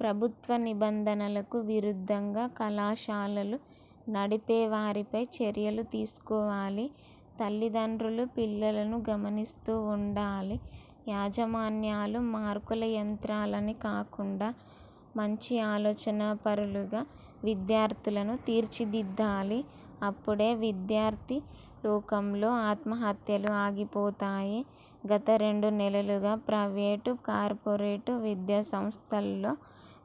ప్రభుత్వ నిబంధనలకు విరుద్ధంగా కళాశాలలు నడిపే వారిపై చర్యలు తీసుకోవాలి. తల్లిదండ్రులు పిల్లలను గమనిస్తూ ఉండాలి. యాజమాన్యాలు మార్కుల యంత్రాలని కాకుండా మంచి ఆలోచనాపరులుగా విద్యార్థులను తీర్చిదిద్దాలి. అప్పుడే విద్యార్థి లోకంలో ఆత్మహత్యలు ఆగిపోతాయి. గత రెండు నెలలుగా ప్రయివేటు, కార్పొరేట్ విద్యాసంస్థల్లో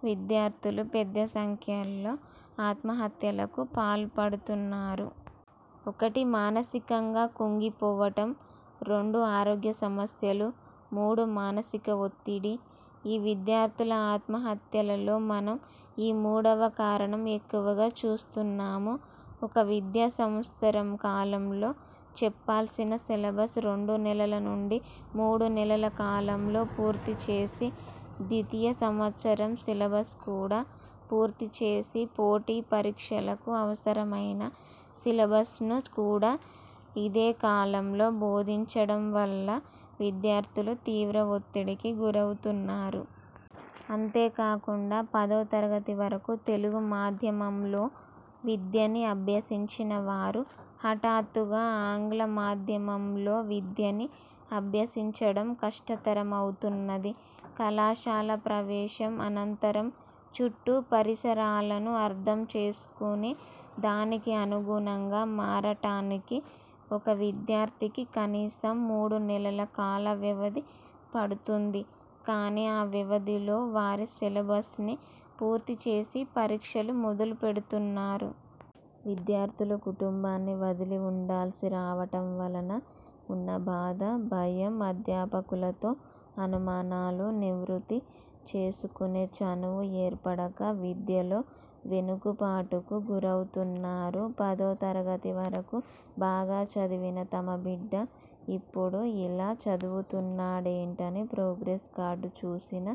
విద్యార్థులు పెద్దసంఖ్యలో ఆత్మహత్యలకు పాల్పడుతున్నారు. ఒకటి మానసికంగా కుంగిపోవడం, రెండు ఆరోగ్యసమస్యలు, మూడు మానసిక ఒత్తిడి. ఈ విద్యార్థుల ఆత్మహత్యలలో మనం ఈ మూడవ కారణం ఎక్కువగా చూస్తున్నాం. ఒక విద్యా సంవత్సరం కాలంలో చెప్పాల్సిన సిలబస్ రెండు నెలల నుండి మూడు నెలల కాలంలో పూర్తిచేసి ద్వితీయ సంవత్సరం సిలబస్ను కూడా పూర్తిచేసి పోటీ పరీక్షలకు అవసరమైన సిలబస్ను కూడా ఇదే కాలంలో భోదించడం వలన విద్యార్థులు తీవ్ర ఒత్తిడికి గురవుతున్నారు. అంతేకాకుండా పదోతరగతి వరకు తెలుగు మాధ్యమంలో విద్యని అభ్యసించిన వారు హఠాత్తుగా ఆంగ్ల మాధ్యమంలో విద్యని అభ్యసించడం కష్టతరమవుతున్నది. కళాశాల ప్రవేశం అనంతరం చుట్టూ పరిసరాలను అర్థం చేసుకొని దానికి అనుగుణంగా మారటానికి ఒక విద్యార్థికి కనీసం మూడు నెలల కాలవ్యవధి పడుతుంది. కానీ ఆ వ్యవధిలో వారి సిలబస్ని పూర్తిచేసి పరీక్షలు మొదలు పెడుతున్నారు. విద్యార్థులు కుటుంబాన్ని వదిలి ఉండాల్సి రావటం వలన ఉన్న బాధ, భయం, అధ్యాపకులతో అనుమానాలు నివృత్తి చేసుకొనే చనువు ఏర్పడక విద్యలో వెనుకుబాటుకు గురవుతున్నారు. పదోతరగతి వరకు బాగా చదివిన తమ బిడ్డ ఇపుడు ఇలా చదువుతున్నాడేంటని ప్రోగ్రెస్ కార్డు చూసిన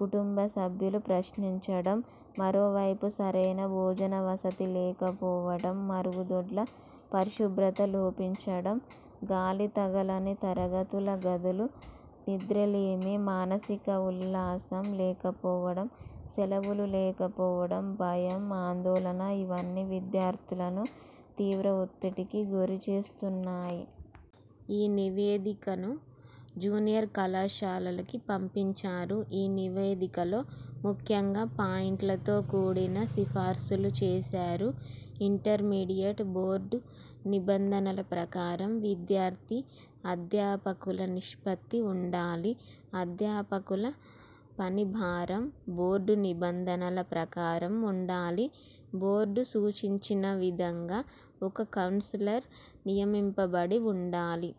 కుటుంబ సభ్యులు ప్రశ్నించడం, మరోవైపు సరైన భోజన వసతి లేకపోవడం, మరుగుదొడ్ల పరిశుభ్రత లోపించడం, గాలి తగలని తరగతి గదులు, నిద్రలేమి, మానసిక ఉల్లాసం లేకపోవడం, సెలవులు లేకపోవడం, భయం, ఆందోళన ఇవన్నీ విద్యార్థులను తీవ్ర ఒత్తిడికి గురి చేస్తున్నాయి. ఈ నివేదికను జూనియర్ కళాశాలలకి పంపించారు. ఈ నివేదికలో ముఖ్యంగా పాయింట్లతో కూడిన సిఫార్సులు చేసారు. ఇంటర్ మీడియట్ బోర్డు నిబంధనల ప్రకారం విద్యార్థి, అధ్యాపకుల నిష్పత్తి ఉండాలి. అధ్యాపకుల పని భారం బోర్డు నిబంధనల ప్రకారం ఉండాలి. బోర్డు సూచించిన విధంగా ఒక కౌన్సిలర్ నియమింపబడి ఉండాలి.